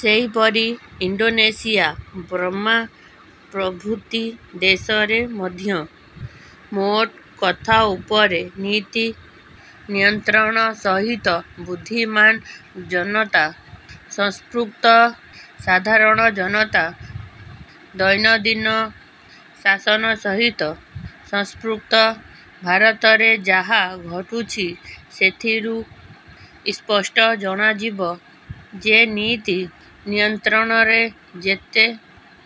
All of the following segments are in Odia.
ସେହିପରି ଇଣ୍ଡୋନେସିଆ, ବର୍ମା ପ୍ରଭୃତି ଦେଶରେ ମଧ୍ୟ। ମୋଟ କଥା ଉପରେ ନୀତି ନିୟନ୍ତ୍ରଣ ସହିତ ବୁଦ୍ଧିମାନ ଜନତା ସଂପୃକ୍ତ। ସାଧାରଣ ଜନତା ଦୈନନ୍ଦିନ ଶାସନ ସହିତ ସଂପୃକ୍ତ। ଭାରତରେ ଯାହା ଘଟୁଛି ସେଥିରୁ ସ୍ପଷ୍ଟ ଜଣାଯିବ ଯେ ନୀତି ନିୟନ୍ତ୍ରଣରେ ଯେତେ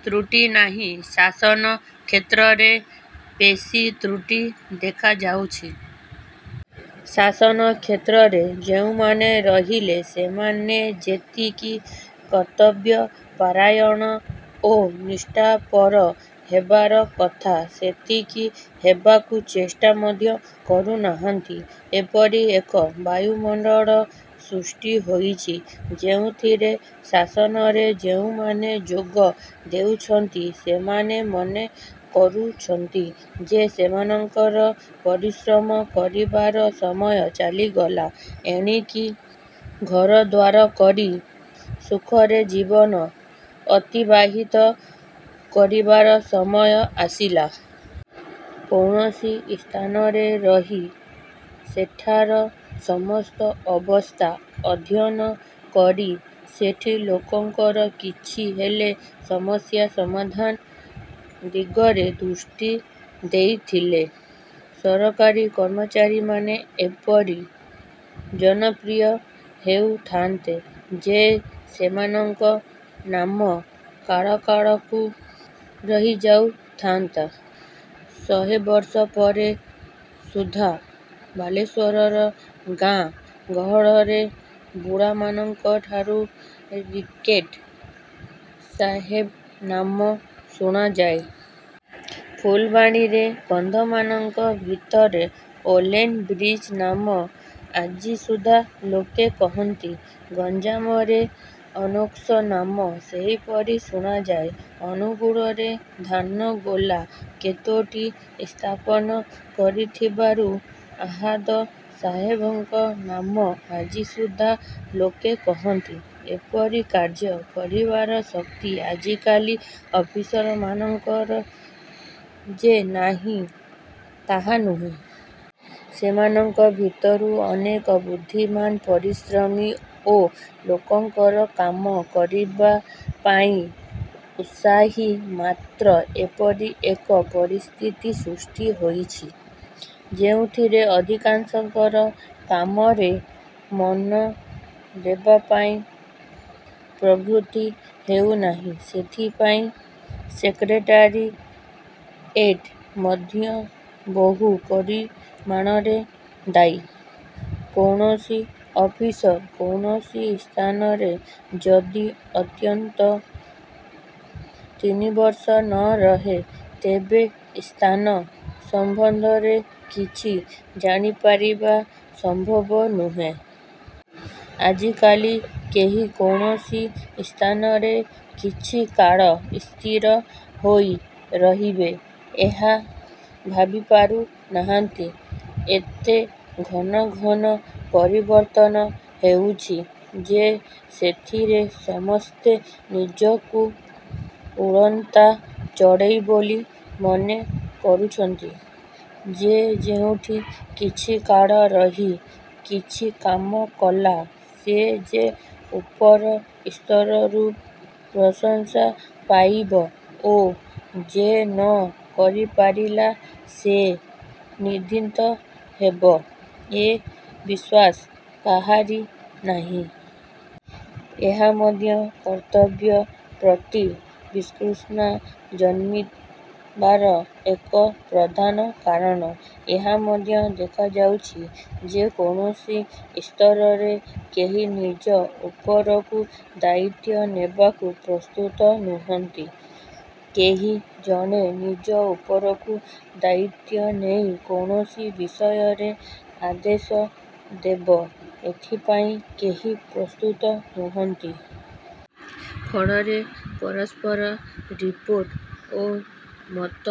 ତ୍ରୁଟି ନାହିଁ, ଶାସନ କ୍ଷେତ୍ରରେ ବେଶି ତ୍ରୁଟି ଦେଖାଯାଉଛି। ଶାସନ କ୍ଷେତ୍ରରେ ଯେଉଁମାନେ ରହିଲେ, ସେମାନେ ଯେତିକି କର୍ତ୍ତବ୍ୟପରାୟଣ ଓ ନିଷ୍ଠାପର ହେବାର କଥା ସେତିକି ହେବାକୁ ଚେଷ୍ଟା ମଧ୍ୟ କରୁନାହାନ୍ତି। ଏପରି ଏକ ବାୟୁମଣ୍ଡଳ ସୃଷ୍ଟି ହୋଇଛି, ଯେଉଁଥିରେ ଶାସନରେ ଯେଉଁମାନେ ଯୋଗ ଦେଉଛନ୍ତି ସେମାନେ ମନେ କରୁଛନ୍ତି ଯେ ସେମାନଙ୍କର ପରିଶ୍ରମ କରିବାର ସମୟ ଚାଲିଗଲା, ଏଣିକି ଘରଦ୍ୱାର କରି ସୁଖରେ ଜୀବନ ଅତିବାହିତ କରିବାର ସମୟ ଆସିଲା। କୌଣସି ସ୍ଥାନରେ ରହି ସେଠାର ସମସ୍ତ ଅବସ୍ଥା ଅଧ୍ୟୟନ କରି ସେଠି ଲୋକଙ୍କର କିଛିହେଲେ ସମସ୍ୟା ସମାଧାନ ଦିଗରେ ଦୃଷ୍ଟି ଦେଇଥିଲେ, ସରକାରୀ କର୍ମଚାରୀମାନେ ଏପରି ଜନପ୍ରିୟ ହେଉଥାନ୍ତେ ଯେ ସେମାନଙ୍କ ନାମ କାଳକାଳକୁ ରହିଯାଉଥାନ୍ତା। ଶହେ ବର୍ଷ ପରେ ସୁଦ୍ଧା ବାଲେଶ୍ୱରର ଗାଁ ଗହଳରେ ବୁଢ଼ାମାନଙ୍କଠାରୁ ରିକେଟ ସାହେବ ନାମ ଶୁଣାଯାଏ। ଫୁଲବାଣୀରେ କନ୍ଧମାନଙ୍କ ଭିତରେ ଓଲେନ ବ୍ରିଚ ନାମ ଆଜିସୁଦ୍ଧା ଲୋକେ କହନ୍ତି। ଗଞ୍ଜାମରେ ଅନସ୍କୋ ନାମ ସେହିପରି ଶୁଣାଯାଏ। ଅନୁଗୁଳରେ ଧାନ ଗୋଲା କେତୋଟି ସ୍ଥାପନ କରିଥିବାରୁ ଆହାଦ ସାହେବଙ୍କ ନାମ ଆଜିସୁଦ୍ଧା ଲୋକେ କହନ୍ତି। ଏପରି କାର୍ଯ୍ୟ କରିବାର ଶକ୍ତି ଆଜିକାଲି ଅଫିସରମାନଙ୍କର ଯେ ନାହିଁ ତାହା ନୁହେଁ। ସେମାନଙ୍କ ଭିତରୁ ଅନେକ ବୁଦ୍ଧିମାନ, ପରିଶ୍ରମୀ ଓ ଲୋକଙ୍କର କାମ କରିବା ପାଇଁ ଉତ୍ସାହୀ; ମାତ୍ର ଏପରି ଏକ ପରିସ୍ଥିତି ସୃଷ୍ଟି ହୋଇଛି, ଯେଉଁଥିରେ ଅଧିକାଂଶଙ୍କର କାମରେ ମନ ଦେବାପାଇଁ ପ୍ରବୃତ୍ତି ହେଉନାହିଁ। ସେଥିପାଇଁ ସେକ୍ରେଟାରୀଏଟ ମଧ୍ୟ ବହୁ ପରିମାଣରେ ଦାୟୀ। କୌଣସି ଅଫିସର କୌଣସି ସ୍ଥାନରେ ଯଦି ଅନ୍ତତଃ ତିନିବର୍ଷ ନ ରହେ, ତେବେ ସ୍ଥାନ ସମ୍ବନ୍ଧରେ କିଛି ଜାଣିପାରିବା ସମ୍ଭବ ନୁହେଁ। ଆଜିକାଲି କେହି କୌଣସି ସ୍ଥାନରେ କିଛିକାଳ ସ୍ଥିର ହୋଇ ରହିବେ, ଏହା ଭାବିପାରୁନାହାନ୍ତି। ଏତେ ଘନ ଘନ ପରିବର୍ତ୍ତନ ହେଉଛି ଯେ ସେଥିରେ ସମସ୍ତେ ନିଜକୁ ଉଡ଼ନ୍ତା ଚଢ଼େଇ ବୋଲି ମନେ କରୁଛନ୍ତି। ଯେ ଯେଉଁଠି କିଛିକାଳ ରହି କିଛି କାମ କଲା ସେ ଯେ ଉପର ସ୍ତରରୁ ପ୍ରଶଂସା ପାଇବ ଓ ଯେ ନ କରିପାରିଲା ସେ ନିନ୍ଦିତ ହେବ- ଏ ବିଶ୍ୱାସ କାହାରି ନାହିଁ। ଏହା ମଧ୍ୟ କର୍ତ୍ତବ୍ୟ ପ୍ରତି ବିତୃଷ୍ଣା ଜନ୍ମିବାର ଏକ ପ୍ରଧାନ କାରଣ। ଏହା ମଧ୍ୟ ଦେଖାଯାଉଛି ଯେ କୌଣସି ସ୍ତରରେ କେହି ନିଜ ଉପରକୁ ଦାୟିତ୍ୱ ନେବାକୁ ପ୍ରସ୍ତୁତ ନୁହନ୍ତି। କେହି ଜଣେ ନିଜ ଉପରକୁ ଦାୟିତ୍ୱ ନେଇ କୌଣସି ବିଷୟରେ ଆଦେଶ ଦେବ, ଏଥିପାଇଁ କେହି ପ୍ରସ୍ତୁତ ନୁହନ୍ତି। ଫଳରେ ପରସ୍ପର ରିପୋର୍ଟ ଓ ମତ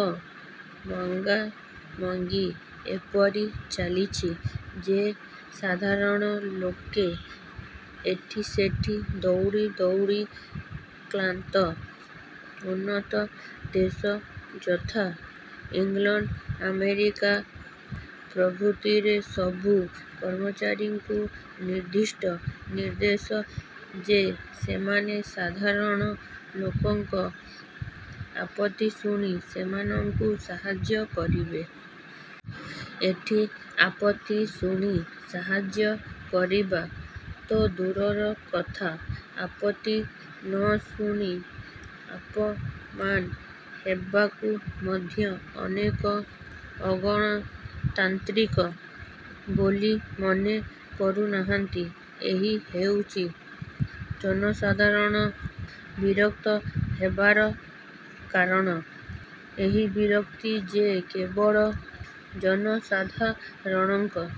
ମଗାମଗି ଏପରି ଚାଲିଛି ଯେ ସାଧାରଣ ଲୋକେ ଏଠିସେଠି ଦୌଡ଼ି ଦୌଡ଼ି କ୍ଳାନ୍ତ। ଉନ୍ନତ ଦେଶ, ଯଥା- ଇଂଲଣ୍ଡ, ଆମେରିକା ପ୍ରଭୃତିରେ ସବୁ କର୍ମଚାରୀଙ୍କୁ ନିର୍ଦ୍ଦିଷ୍ଟ ନିର୍ଦ୍ଦେଶ ଯେ ସେମାନେ ସାଧାରଣ ଲୋକଙ୍କ ଆପତ୍ତି ଶୁଣି ସେମାନଙ୍କୁ ସାହାଯ୍ୟ କରିବେ। ଏଠି ଆପତ୍ତି ଶୁଣି ସାହାଯ୍ୟ କରିବା ତ ଦୂରର କଥା, ଆପତ୍ତି ନ ଶୁଣି ଅପମାନ ଦେବାକୁ ମଧ୍ୟ ଅନେକେ ଅଗଣତାନ୍ତ୍ରିକ ବୋଲି ମନେ କରୁନାହାନ୍ତି। ଏହି ହେଉଛି ଜନସାଧାରଣ ବିରକ୍ତ ହେବାର କାରଣ। ଏହି ବିରକ୍ତି ଯେ କେବଳ ଜନସାଧାରଣଙ୍କ